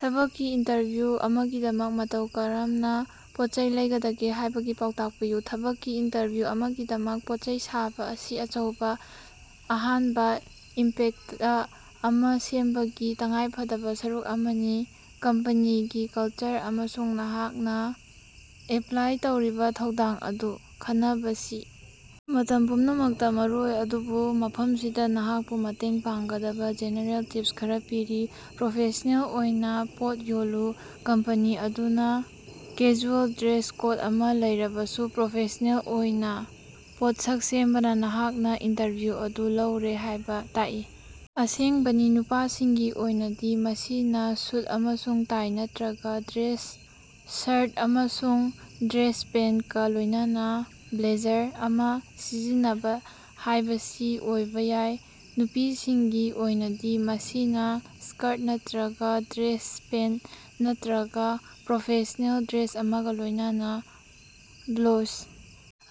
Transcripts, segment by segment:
ꯊꯕꯛꯀꯤ ꯏꯟꯇꯔꯚ꯭ꯌꯨ ꯑꯃꯒꯤꯗꯃꯛ ꯃꯇꯧ ꯀꯔꯝꯅ ꯄꯣꯠꯆꯩ ꯂꯩꯒꯗꯒꯦ ꯍꯥꯏꯕꯒꯤ ꯄꯥꯎꯇꯥꯛ ꯄꯤꯌꯨ꯫ ꯊꯕꯛꯀꯤ ꯏꯟꯇꯔꯚ꯭ꯌꯨ ꯑꯃꯒꯤꯗꯃꯛ ꯄꯣꯠꯆꯩ ꯁꯥꯕ ꯑꯁꯤ ꯑꯆꯧꯕ ꯑꯍꯥꯟꯕ ꯏꯝꯄꯦꯛꯇ ꯑꯃ ꯁꯦꯝꯕꯒꯤ ꯇꯉꯥꯏꯐꯗꯕ ꯁꯔꯨꯛ ꯑꯃꯅꯤ꯫ ꯀꯝꯄꯅꯤꯒꯤ ꯀꯜꯆꯔ ꯑꯃꯁꯨꯡ ꯅꯍꯥꯛꯅ ꯑꯦꯄ꯭ꯂꯥꯏ ꯇꯧꯔꯤꯕ ꯊꯧꯗꯥꯡ ꯑꯗꯨ ꯈꯟꯅꯕꯁꯤ ꯃꯇꯝ ꯄꯨꯝꯅꯃꯛꯇ ꯃꯔꯨꯑꯣꯏ ꯑꯗꯨꯕꯨ ꯃꯐꯝꯁꯤꯗ ꯅꯍꯥꯛꯄꯨ ꯃꯇꯦꯡ ꯄꯥꯡꯒꯗꯕ ꯖꯦꯅꯦꯔꯦꯜ ꯇꯤꯞꯁ ꯈꯔ ꯄꯤꯔꯤ: ꯄ꯭ꯔꯣꯐꯦꯁꯅꯦꯜ ꯑꯣꯏꯅ ꯄꯣꯠ ꯌꯣꯜꯂꯨ: ꯀꯝꯄꯅꯤ ꯑꯗꯨꯅ ꯀꯦꯖꯨꯑꯦꯜ ꯗ꯭ꯔꯦꯁ ꯀꯣꯗ ꯑꯃ ꯂꯩꯔꯕꯁꯨ ꯄ꯭ꯔꯣꯐꯦꯁꯅꯦꯜ ꯑꯣꯏꯅ ꯄꯣꯠꯁꯛ ꯁꯦꯝꯕꯅ ꯅꯍꯥꯛꯅ ꯏꯟꯇꯔꯚꯤꯎ ꯑꯗꯨ ꯂꯧꯔꯦ ꯍꯥꯏꯕ ꯇꯥꯛꯏ꯫ ꯑꯁꯦꯡꯕꯅꯤ ꯅꯨꯄꯥꯁꯤꯡꯒꯤ ꯑꯣꯏꯅꯗꯤ ꯃꯁꯤꯅ ꯁꯨꯠ ꯑꯃꯁꯨꯡ ꯇꯥꯏ ꯅꯠꯇ꯭ꯔꯒ ꯗ꯭ꯔꯦꯁ ꯁꯔꯠ ꯑꯃꯁꯨꯡ ꯗ꯭ꯔꯦꯁ ꯄꯦꯟꯇꯀ ꯂꯣꯏꯅꯅ ꯕ꯭ꯂꯦꯖꯔ ꯑꯃ ꯁꯤꯖꯤꯟꯅꯕ ꯍꯥꯏꯕꯁꯤ ꯑꯣꯏꯕ ꯌꯥꯏ꯫ ꯅꯨꯄꯤꯁꯤꯡꯒꯤ ꯑꯣꯏꯅꯗꯤ ꯃꯁꯤꯅ ꯁ꯭ꯀꯔꯠ ꯅꯠꯇ꯭ꯔꯒ ꯗ꯭ꯔꯦꯁ ꯄꯦꯟꯇ ꯅꯠꯇ꯭ꯔꯒ ꯄ꯭ꯔꯣꯐꯦꯁꯅꯦꯜ ꯗ꯭ꯔꯦꯁ ꯑꯃꯒ ꯂꯣꯏꯅꯅ ꯕ꯭ꯂꯣꯎꯖ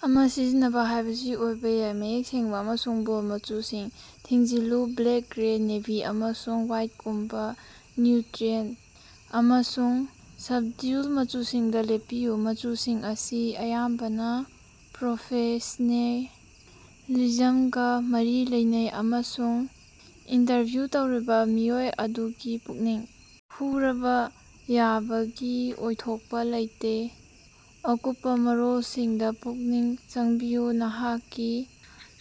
ꯑꯃ ꯁꯤꯖꯤꯟꯅꯕ ꯍꯥꯏꯕꯁꯤ ꯑꯣꯏꯕ ꯌꯥꯏ꯫ ꯃꯌꯦꯛ ꯁꯦꯡꯕ ꯑꯃꯁꯨꯡ ꯕꯣꯜꯗ ꯃꯆꯨꯁꯤꯡ ꯊꯤꯡꯖꯤꯜꯂꯨ: ꯕ꯭ꯂꯦꯛ, ꯒ꯭ꯔꯦ, ꯅꯦꯚꯤ ꯑꯃꯁꯨꯡ ꯋꯥꯏꯠꯒꯨꯝꯕ ꯅ꯭ꯌꯨꯇ꯭ꯔꯤꯑꯦꯟꯇ ꯑꯃꯁꯨꯡ ꯁꯕꯗ꯭ꯌꯨꯜ ꯃꯆꯨꯁꯤꯡꯗ ꯂꯦꯞꯄꯤꯌꯨ꯫ ꯃꯆꯨꯁꯤꯡ ꯑꯁꯤ ꯑꯌꯥꯝꯕꯅ ꯄ꯭ꯔꯣꯐꯦꯁ꯭ꯅꯦꯂꯤꯖꯝꯒ ꯃꯔꯤ ꯂꯩꯅꯩ ꯑꯃꯁꯨꯡ ꯏꯟꯇꯔꯚ꯭ꯌꯨ ꯇꯧꯔꯤꯕ ꯃꯤꯑꯣꯏ ꯑꯗꯨꯒꯤ ꯄꯨꯛꯅꯤꯡ ꯍꯨꯔꯕ ꯌꯥꯕꯒꯤ ꯑꯣꯏꯊꯣꯛꯄ ꯂꯩꯇꯦ꯫ ꯑꯀꯨꯞꯄ ꯃꯔꯣꯜꯁꯤꯡꯗ ꯄꯨꯛꯅꯤꯡ ꯆꯪꯕꯤꯌꯨ: ꯅꯍꯥꯛꯀꯤ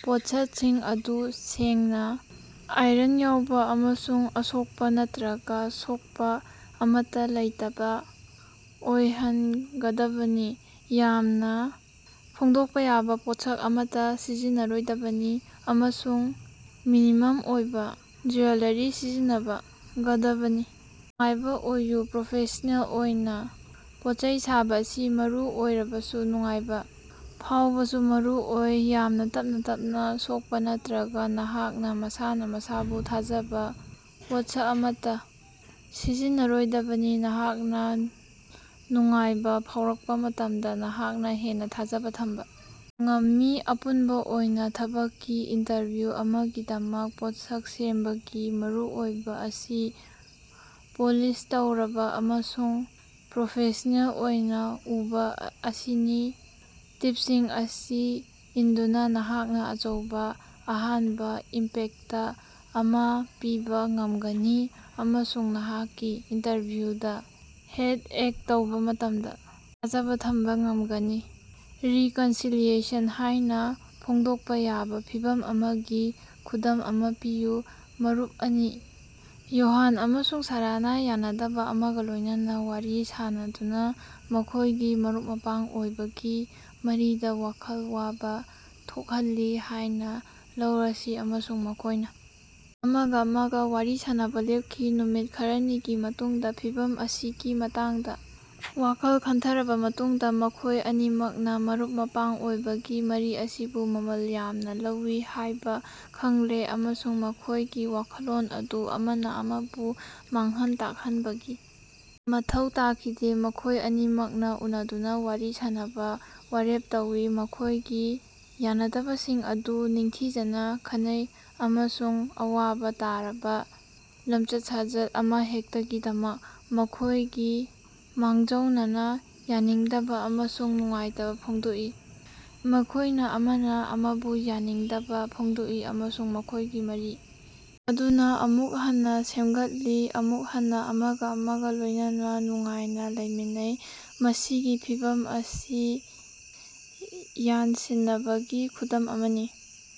ꯄꯣꯠꯁꯛꯁꯤꯡ ꯑꯗꯨ ꯁꯦꯡꯅ, ꯑꯥꯏꯔꯟ ꯌꯥꯎꯕ ꯑꯃꯁꯨꯡ ꯑꯁꯣꯛꯄ ꯅꯠꯇ꯭ꯔꯒ ꯁꯣꯛꯄ ꯑꯃꯠꯇ ꯂꯩꯇꯕ ꯑꯣꯏꯍꯟꯒꯗꯕꯅꯤ꯫ ꯌꯥꯝꯅ ꯐꯣꯡꯗꯣꯛꯄ ꯌꯥꯕ ꯄꯣꯠꯁꯛ ꯑꯃꯠꯇ ꯁꯤꯖꯤꯟꯅꯔꯣꯏꯗꯕꯅꯤ ꯑꯃꯁꯨꯡ ꯃꯤꯅꯤꯃꯝ ꯑꯣꯏꯕ ꯖꯨꯌꯦꯂꯥꯔꯤ ꯁꯤꯖꯤꯟꯅ ꯒꯗꯕꯅꯤ꯫ ꯅꯨꯡꯉꯥꯏꯕ ꯑꯣꯏꯌꯨ: ꯄ꯭ꯔꯣꯐꯦꯁ꯭ꯅꯦꯜ ꯑꯣꯏꯅ ꯄꯣꯠꯆꯩ ꯁꯥꯕ ꯑꯁꯤ ꯃꯔꯨ ꯑꯣꯏꯔꯕꯁꯨ ꯅꯨꯡꯉꯥꯏꯕ ꯐꯥꯎꯕꯁꯨ ꯃꯔꯨ ꯑꯣꯏ꯫ ꯌꯥꯝꯅ ꯇꯞꯅ ꯇꯞꯅ ꯁꯣꯛꯄ ꯅꯠꯇ꯭ꯔꯒ ꯅꯍꯥꯛꯅ ꯃꯁꯥꯅ ꯃꯁꯥꯕꯨ ꯊꯥꯖꯖꯕ ꯄꯣꯠꯁꯛ ꯑꯃꯠꯇ ꯁꯤꯖꯤꯟꯅꯔꯣꯏꯗꯕꯅꯤ꯫ ꯅꯍꯥꯛꯅ ꯅꯨꯡꯉꯥꯏꯕ ꯐꯥꯎꯔꯛꯄ ꯃꯇꯝꯗ ꯅꯍꯥꯛꯅ ꯍꯦꯟꯅ ꯊꯥꯖꯕ ꯊꯝꯕ ꯉꯝꯃꯤ꯫ ꯑꯄꯨꯟꯕ ꯑꯣꯏꯅ, ꯊꯕꯛꯀꯤ ꯏꯟꯇꯔꯚ꯭ꯌꯨ ꯑꯃꯒꯤꯗꯃꯛ ꯄꯣꯠꯁꯛ ꯁꯦꯝꯕꯒꯤ ꯃꯔꯨꯑꯣꯏꯕ ꯑꯁꯤ ꯄꯣꯂꯤꯁ ꯇꯧꯔꯕ ꯑꯃꯁꯨꯡ ꯄ꯭ꯔꯣꯐꯦꯁ꯭ꯅꯦꯜ ꯑꯣꯏꯅ ꯎꯕ ꯑꯁꯤꯅꯤ꯫ ꯇꯤꯞꯁꯤꯡ ꯑꯁꯤ ꯏꯟꯗꯨꯅ ꯅꯍꯥꯛꯅ ꯑꯆꯧꯕ ꯑꯍꯥꯟꯕ ꯏꯝꯄꯦꯛꯇ ꯑꯃ ꯄꯤꯕ ꯉꯝꯒꯅꯤ ꯑꯃꯁꯨꯡ ꯅꯍꯥꯛꯀꯤ ꯏꯟꯇꯔꯚ꯭ꯌꯨꯗ ꯍꯦꯗ-ꯑꯦꯛ ꯇꯧꯕ ꯃꯇꯝꯗ ꯊꯥꯖꯕ ꯊꯝꯕ ꯉꯝꯒꯅꯤ꯫ "ꯔꯤꯀꯟꯁꯤꯂꯤꯌꯦꯁꯟ" ꯍꯥꯏꯅ ꯐꯣꯡꯗꯣꯛꯄ ꯌꯥꯕ ꯐꯤꯚꯝ ꯑꯃꯒꯤ ꯈꯨꯗꯝ ꯑꯃ ꯄꯤꯌꯨ꯫ ꯃꯔꯨꯞ ꯑꯅꯤ, ꯌꯣꯍꯥꯟ ꯑꯃꯁꯨꯡ ꯁꯥꯔꯥꯅꯥ ꯌꯥꯅꯗꯕ ꯑꯃꯒ ꯂꯣꯏꯅꯅ ꯋꯥꯔꯤ ꯁꯥꯅꯗꯨꯅ ꯃꯈꯣꯏꯒꯤ ꯃꯔꯨꯞ-ꯃꯄꯥꯡ ꯑꯣꯏꯕꯒꯤ ꯃꯔꯤꯗ ꯋꯥꯈꯜ ꯋꯥꯕ ꯊꯣꯛꯍꯜꯂꯤ ꯍꯥꯏꯅ ꯂꯧꯔꯁꯤ ꯑꯃꯁꯨꯡ ꯃꯈꯣꯏꯅ ꯑꯃꯒ ꯑꯃꯒ ꯋꯥꯔꯤ ꯁꯥꯅꯕ ꯂꯦꯞꯈꯤ꯫ ꯅꯨꯃꯤꯠ ꯈꯔꯅꯤꯒꯤ ꯃꯇꯨꯡꯗ ꯐꯤꯚꯝ ꯑꯁꯤꯒꯤ ꯃꯇꯥꯡꯗ ꯋꯥꯈꯜ ꯈꯟꯊꯔꯕ ꯃꯇꯨꯡꯗ ꯃꯈꯣꯏ ꯑꯅꯤꯃꯛꯅ ꯃꯔꯨꯞ-ꯃꯄꯥꯡ ꯑꯣꯏꯕꯒꯤ ꯃꯔꯤ ꯑꯁꯤꯕꯨ ꯃꯃꯜ ꯌꯥꯝꯅ ꯂꯧꯏ ꯍꯥꯏꯕ ꯈꯪꯂꯦ ꯑꯃꯁꯨꯡ ꯃꯈꯣꯏꯒꯤ ꯋꯥꯈꯜꯂꯣꯟ ꯑꯗꯨ ꯑꯃꯅ ꯑꯃꯕꯨ ꯃꯥꯡꯍꯟ ꯇꯥꯛꯍꯟꯕꯒꯤ ꯃꯊꯧ ꯇꯥꯈꯤꯗꯦ꯫ ꯃꯈꯣꯏ ꯑꯅꯤꯃꯛꯅ ꯎꯅꯗꯨꯅ ꯋꯥꯔꯤ ꯁꯥꯟꯅꯕ ꯋꯥꯔꯦꯞ ꯂꯧꯏ꯫ ꯃꯈꯣꯏꯒꯤ ꯌꯥꯅꯗꯕꯁꯤꯡ ꯑꯗꯨ ꯅꯤꯡꯊꯤꯖꯅ ꯈꯟꯅꯩ ꯑꯃꯁꯨꯡ ꯑꯋꯥꯕ ꯇꯥꯔꯕ ꯂꯝꯆꯠ-ꯁꯥꯖꯠ ꯑꯃꯍꯦꯛꯇꯒꯤꯗꯃꯛ ꯃꯈꯣꯏꯒꯤ ꯃꯥꯡꯖꯧꯅꯅ ꯌꯥꯅꯤꯡꯗꯕ ꯑꯃꯁꯨꯡ ꯅꯨꯡꯉꯥꯏꯇꯕ ꯐꯣꯡꯗꯣꯛꯏ꯫ ꯃꯈꯣꯏꯅ ꯑꯃꯅ ꯑꯃꯕꯨ ꯌꯥꯅꯤꯡꯗꯕ ꯐꯣꯡꯗꯣꯛꯏ ꯑꯃꯁꯨꯡ ꯃꯈꯣꯏꯒꯤ ꯃꯔꯤ ꯑꯗꯨ ꯑꯃꯨꯛ ꯍꯟꯅ ꯁꯦꯝꯒꯠꯂꯤ꯫ ꯑꯃꯨꯛ ꯍꯟꯅ ꯑꯃꯒ ꯑꯃꯒ ꯂꯣꯏꯅꯅ ꯅꯨꯡꯉꯥꯏꯅ ꯂꯩꯃꯤꯟꯅꯩ꯫ ꯃꯁꯤꯒꯤ ꯐꯤꯚꯝ ꯑꯁꯤ ꯌꯥꯅꯁꯤꯟꯅꯕꯒꯤ ꯈꯨꯗꯝ ꯑꯃꯅꯤ꯫